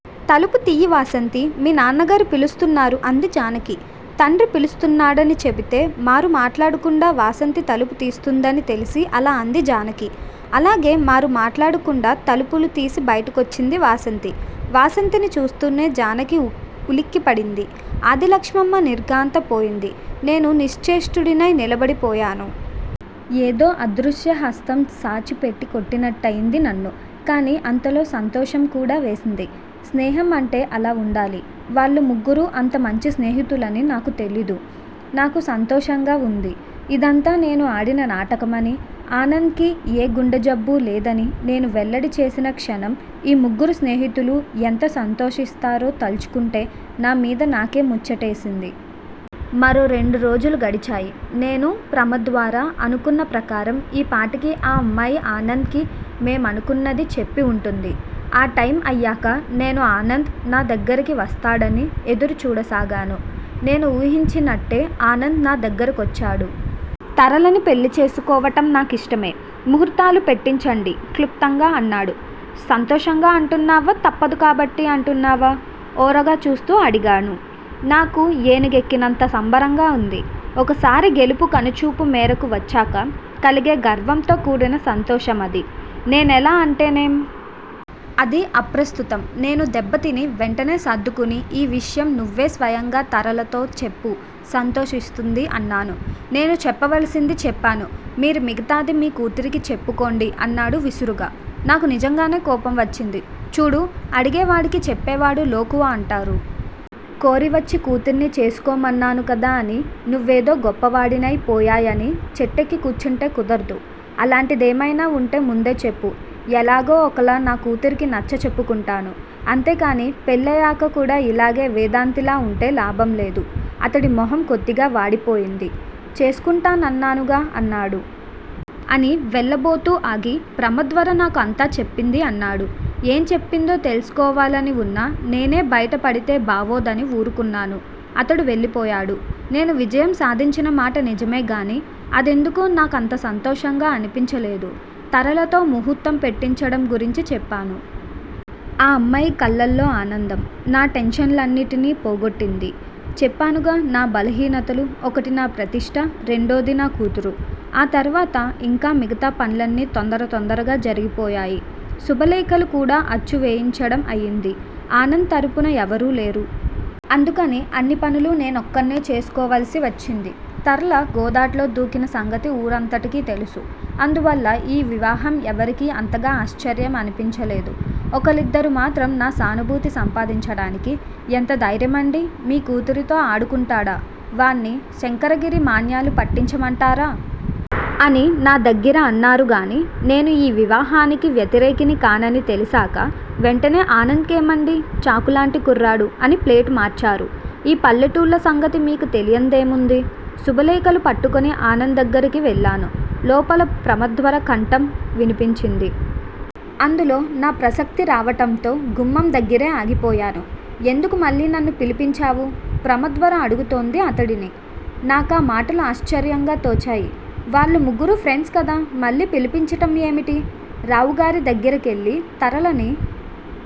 తలుపు తియ్యి వాసంతీ! మీ నాన్నగారు పిలుస్తున్నారు అంది జానకి. తండ్రి పిలుస్తున్నాడని చెపితే మారుమాట్లాడకుండా వాసంతి తలుపు తీస్తుందని తెలిసి అలా అంది జానకి. అలాగే మారు మాట్లాడకుండ తలుపులు తీసి బైటకొచ్చింది వాసంతి. వాసంతిని చూస్తూనే జానకి ఉక్కి ఉలిక్కిపడింది. ఆదిలక్ష్మమ్మ నిర్ఘాంతపోయింది. నేను నిశ్చేష్టుడినై నిలబడి పోయాను. ఏదో అదృశ్య హస్తం సాచి పెట్టి కొట్టినట్టయింది నన్ను. కానీ అంతలో సంతోషం కూడా వేసింది. స్నేహం అంటే అలా వుండాలి. వాళ్ళు ముగ్గురూ అంత మంచి స్నేహితులని నాకు తెలీదు. నాకు సంతోషంగా వుంది. ఇదంతా నేను ఆడిన నాటకమనీ, ఆనంద్ కి ఏ గుండె జబ్బూ లేదని నేను వెల్లడి చేసిన క్షణం ఈ ముగ్గురు స్నేహితులూ ఎంత సంతోషిస్తారో తల్చుకుంటే నా మీద నాకే ముచ్చటేసింది. మరో రెండు రోజులు గడిచాయి. నేనూ ప్రమద్వరా అనుకున్న ప్రకారం ఈ పాటికి ఆ అమ్మాయి ఆనంద్ కి మేమనుకున్నది చెప్పి వుంటుంది. ఆ టైమ్ అయ్యాక నేను ఆనంద్ నా దగ్గిరకి వస్తాడని ఎదురు చూడసాగాను. నేను వూహించినట్టే ఆనంద్ నా దగ్గిర కొచ్చాడు. తరళని పెళ్ళి చేసుకోవటం నా కిష్టమే. ముహూర్తాలు పెట్టించండి క్లుప్తంగా అన్నాడు. సంతోషంగా అంటున్నావా? తప్పదు కాబట్టి అంటున్నావా? ఓరగా చూస్తూ అడిగాను. నాకు ఏనుగెక్కినంత సంబరంగా వుంది. ఒకసారి గెలుపు కనుచూపు మేరకు వచ్చాక కలిగే గర్వంతో కూడిన సంతోషం అది. నేనెలా అంటేనేం? అది అప్రస్తుతం. నేను దెబ్బతిని, వెంటనే సర్దుకుని, ఈ విషయం నువ్వే స్వయంగా తరళతో చెప్పు సంతోషిస్తుంది అన్నాను. నేను చెప్పవలసింది చెప్పాను. మీరు మిగతాది మీ కూతురికి చెప్పుకోండి అన్నాడు విసురుగా. నాకు నిజంగానే కోపం వచ్చింది. చూడూ! అడిగే వాడికి చెప్పేవాడు లోకువ అంటారు. కోరివచ్చి కూతుర్ని చేసుకోమన్నాను కదా అని నువ్వేదో గొప్పవాడినై పోయాయని చెట్టెక్కి కూర్చుంటే కుదర్దు. అలాంటిదేమైనా వుంటే ముందే చెప్పు ఎలాగో ఒకలా నా కూతురికి నచ్చ చెప్పుకుంటాను. అంతేకాని, పెళ్ళయ్యాక కూడా ఇలాగే వేదాంతిలా వుంటే లాభంలేదు. అతడి మొహం కొద్దిగా వాడిపోయింది. చేసుకుంటానన్నానుగా అన్నాడు. అని వెళ్ళ బోతూ ఆగి, ప్రమద్వర నాకు అంతా చెప్పింది అన్నాడు. ఏం చెప్పిందో తెలుసుకోవాలని వున్నా నేనే బయట పడితే బావోదని వూరుకున్నాను. అతడు వెళ్ళిపోయాడు. నేను విజయం సాధించిన మాట నిజమే గానీ, అదెందుకో నా కంత సంతోషంగా అనిపించలేదు. తరళతో ముహూర్తం పెట్టించటం గురించి చెప్పాను. ఆ అమ్మాయి కళ్ళలో ఆనందం- నా టెన్షన్లన్నిటినీ పోగొట్టింది. చెప్పానుగా నా బలహీనతలు ఒకటి నా ప్రతిష్ట రెండోది నా కూతురు. ఆ తరువాత ఇంకా మిగతా పన్లన్నీ తొందర తొందరగా జరిగిపోయాయి. శుభలేఖలు కూడా అచ్చు వేయించడం అయింది. ఆనంద్ తరఫున ఎవరూ లేరు. అందుకని అన్ని పనులూ నేనొక్కన్నే చేసుకోవల్సి వచ్చింది. తరళ గోదాట్లో దూకిన సంగతి ఊరంతటికీ తెలుసు. అందువల్ల ఈ వివాహం ఎవరికీ అంతగా ఆశ్చర్యం అనిపించలేదు. ఒకళ్ళిద్దరు మాత్రం నా సానుభూతి సంపాదించటానికి- ఎంత ధైర్యమండి, మీ కూతురితో ఆడుకుంటాడా- వాన్ని శంకరగిరి మాన్యాలు పట్టించమంటారా? అని నా దగ్గిర అన్నారు గానీ, నేను ఈ వివాహానికి వ్యతిరేకిని కానని తెలిశాక, వెంటనే ఆనంద్ కేమండీ? చాకులాంటి కుర్రాడు అని ప్లేటు మార్చారు. ఈ పల్లెటూళ్ళ సంగతి మీకు తెలియన్దేముంది? శుభలేఖలు పట్టుకుని ఆనంద్ దగ్గిరకి వెళ్ళాను. లోపల ప్రమద్వర కంఠం వినిపించింది. అందులో నా ప్రసక్తి రావటంతో గుమ్మం దగ్గిరే ఆగిపోయాను. ఎందుకు మళ్ళీ నన్ను పిలిపించావు? ప్రమద్వర అడుగుతోంది అతడిని. నాకా మాటలు ఆశ్చర్యంగా తోచాయి. వాళ్ళు ముగ్గురూ ఫ్రెండ్స్ కదా మళ్ళీ పిలిపించటం ఏమిటి? రావుగారి దగ్గిర కెళ్ళి తరళని